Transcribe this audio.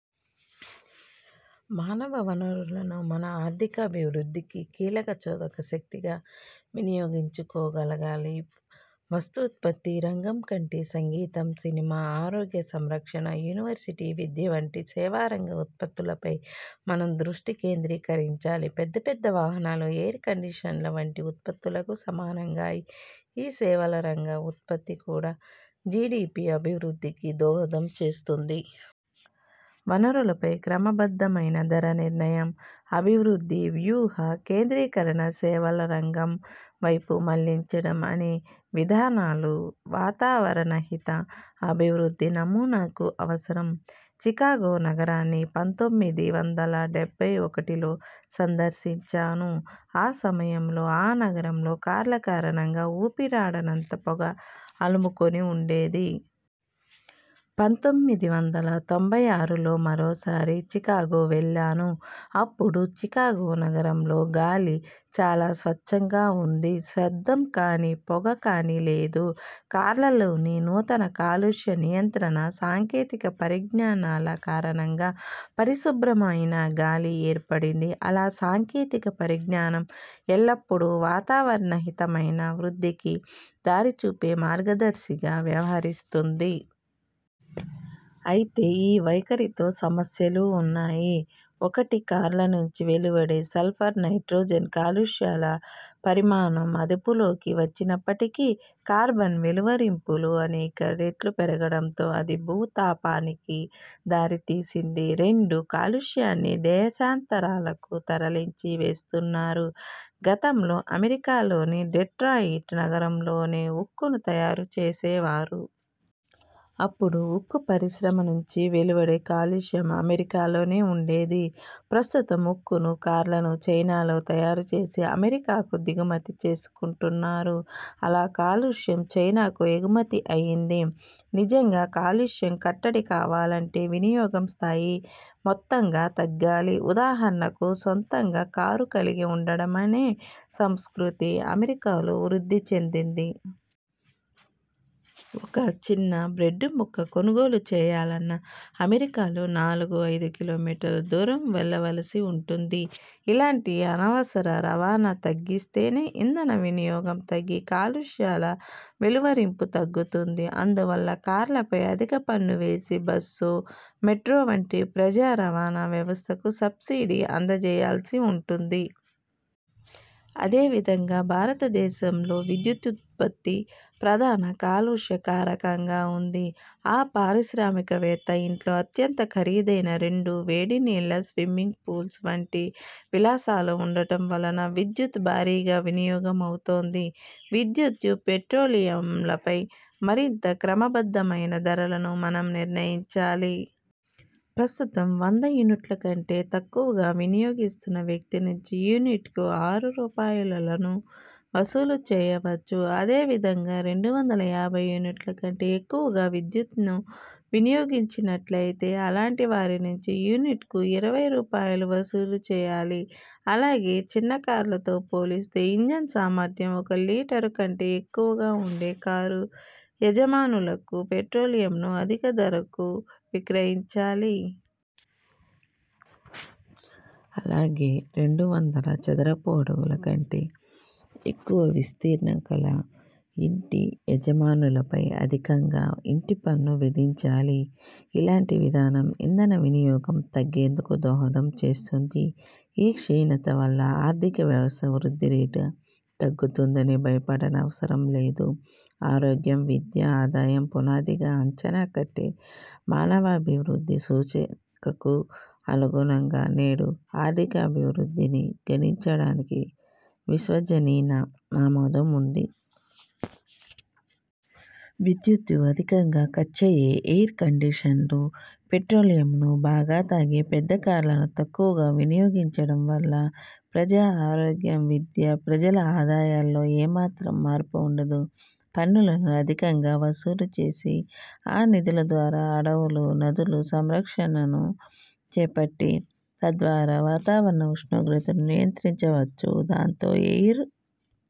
మానవ వనరులను మన ఆర్థికాభివృద్ధికి కీలక చోదక శక్తిగా వినియోగించుకోగలగాలి. వస్తూత్పత్తి రంగం కంటే సంగీతం, సినిమా, ఆరోగ్య సంరక్షణ, యూనివర్సిటీ విద్య వంటి సేవా రంగ ఉత్పత్తులపై మనం దృష్టి కేంద్రీకరించాలి. పెద్ద పెద్ద వాహనాలు, ఎయిర్ కండిషన్ల వంటి ఉత్పత్తులకు సమానంగా ఈ సేవల రంగ ఉత్పత్తి కూడా జీడీపీ అభివృద్ధికి దోహదం చేస్తుంది. వనరులపై క్రమబద్ధమైన ధర నిర్ణయం, అభివృద్ధి వ్యూహ కేంద్రీకరణ సేవల రంగం వైపు మళ్లించడం అనే విధానాలు వాతావరణహిత అభివృద్ధి నమూనాకు అవసరం. చికాగో నగరాన్ని పంతొమ్మిది వందల డెబ్బై ఒకటిలో సందర్శించాను. ఆ సమయంలో ఆ నగరంలో కార్ల కారణంగా ఊపిరాడనంత పొగ అలుముకొని ఉండేది. పంతొమ్మిది వందల తొంభై ఆరులో మరోసారి చికాగో వెళ్ళాను. అప్పుడు చికాగో నగరంలో గాలి చాలా స్వచ్ఛంగా ఉంది. శబ్దం కానీ, పొగ కానీ లేదు. కార్లలోని నూతన కాలుష్య నియంత్రణ సాంకేతిక పరిజ్ఞానాల కారణంగా పరిశుభ్రమైన గాలి ఏర్పడింది. అలా సాంకేతిక పరిజ్ఞానం ఎల్లప్పుడూ వాతావరణహితమైన వృద్ధికి దారిచూపే మార్గదర్శిగా వ్యవహరిస్తుంది. అయితే ఈ వైఖరితో సమస్యలూ ఉన్నాయి. ఒకటి, కార్ల నుంచి వెలువడే సల్ఫర్, నైట్రోజన్ కాలుష్యాల పరిమాణం అదుపులోకి వచ్చిన్నప్పటికీ, కార్బన్ వెలువరింపులు అనేక రెట్లు పెరగడంతో అది భూతాపానికి దారితీసింది. రెండు, కాలుష్యాన్ని దేశాంతరాలకు తరలించి వేస్తున్నారు. గతంలో అమెరికాలోని డెట్రాయిట్ నగరంలోనే ఉక్కును తయారు చేసేవారు. అప్పుడు ఉక్కు పరిశ్రమ నుంచి వెలువడే కాలుష్యం అమెరికాలోనే ఉండేది. ప్రస్తుతం ఉక్కును, కార్లను చైనాలో తయారు చేసి అమెరికాకు దిగుమతి చేసుకుంటున్నారు. అలా కాలుష్యం చైనాకు ఎగుమతి అయింది. నిజంగా కాలుష్యం కట్టడి కావాలంటే వినియోగం స్థాయి మొత్తంగా తగ్గాలి. ఉదాహరణకు, సొంతంగా కారు కలిగి ఉండడమనే సంస్కృతి అమెరికాలో వృద్ధి చెందింది. ఒక చిన్న బ్రెడ్డు ముక్క కొనుగోలు చేయాలన్నా అమెరికాలో నాలుగు, ఐదు కిలోమీటర్ల దూరం వెళ్ళవలసి ఉంటుంది. ఇలాంటి అనవసర రవాణా తగ్గిస్తేనే, ఇంధన వినియోగం తగ్గి కాలుష్యాల వెలువరింపు తగ్గుతుంది. అందువల్ల కార్ల పై అధిక పన్ను వేసి, బస్సు, మెట్రో వంటి ప్రజా రవాణా వ్యవస్థకు సబ్సిడీ అందజేయాల్సి ఉంటుంది. అదే విధంగా, భారత దేశంలో విద్యుదుత్పత్తి ప్రధాన కాలుష్య కారకంగా ఉంది. ఆ పారిశ్రామిక వేత్త ఇంట్లో అత్యంత ఖరీదైన రెండు వేడి నీళ్ళ స్విమ్మింగ్ పూల్స్ వంటి విలాసాలు ఉండడం వలన విద్యుత్తు భారీగా వినియోగమవుతోంది. విద్యుత్తు, పెట్రోలియంలపై మరింత క్రమబద్ధమైన ధరలను మనం నిర్ణయించాలి. ప్రస్తుతం, వంద యూనిట్ల కంటే తక్కువగా వినయోగిస్తున్న వ్యక్తి నుంచి యూనిట్కు ఆరు రూపాయలులను వసూలు చేయవచ్చు. అదే విధంగా రెండు వందల యాభై యూనిట్ల కంటే ఎక్కువగా విద్యుత్ను వినియోగించినట్లయితే అలాంటి వారి నుంచి యూనిట్కు ఇరవై రూపాయలు వసూలు చేయాలి. అలాగే, చిన్న కార్లతో పోలిస్తే, ఇంజన్ సామర్థ్యం ఒక లీటరు కంటే ఎక్కువగా ఉండే కారు యజమానులకు పెట్రోలియంను అధిక ధరకు విక్రయించాలి. అలాగే, రెండు వందల చదరపు అడుగుల కంటే ఎక్కువ విస్తీర్ణంగల ఇంటి యజమానులపై అధికంగా ఇంటి పన్ను విధించాలి ఇలాంటి విధానం ఇంధన వినియోగం తగ్గేందుకు దోహదం చేస్తుంది. ఈ క్షీణత వల్ల ఆర్థికవ్యవస్థ వృద్ధి రేటు తగ్గుతుందని భయపడనవసరం లేదు. ఆరోగ్యం, విద్య, ఆదాయం పునాదిగా అంచనా కట్టే మానవాభివృద్ధి సూచికకు అనుగుణంగా నేడు ఆర్థికాభివృద్ధిని గణించడానికి విశ్వజనీన ఆమోదం ఉంది. విద్యుత్తు అధికంగా ఖర్చయ్యే ఎయిర్ కండిషన్లు, పెట్రోలియంను బాగా తాగే పెద్ద కార్లను తక్కువగా వినియోగించడం వల్ల ప్రజా ఆరోగ్యం, విద్య, ప్రజల ఆదాయాల్లో ఏ మాత్రం మార్పూ ఉండదు. పన్నులను అధికంగా వసూలు చేసి, ఆ నిధుల ద్వారా అడవులు, నదుల సంరక్షణను చేపట్టి, తద్వారా వాతావరణ ఉష్ణోగ్రతను నియంత్రించవచ్చు. దాంతో ఎయిర్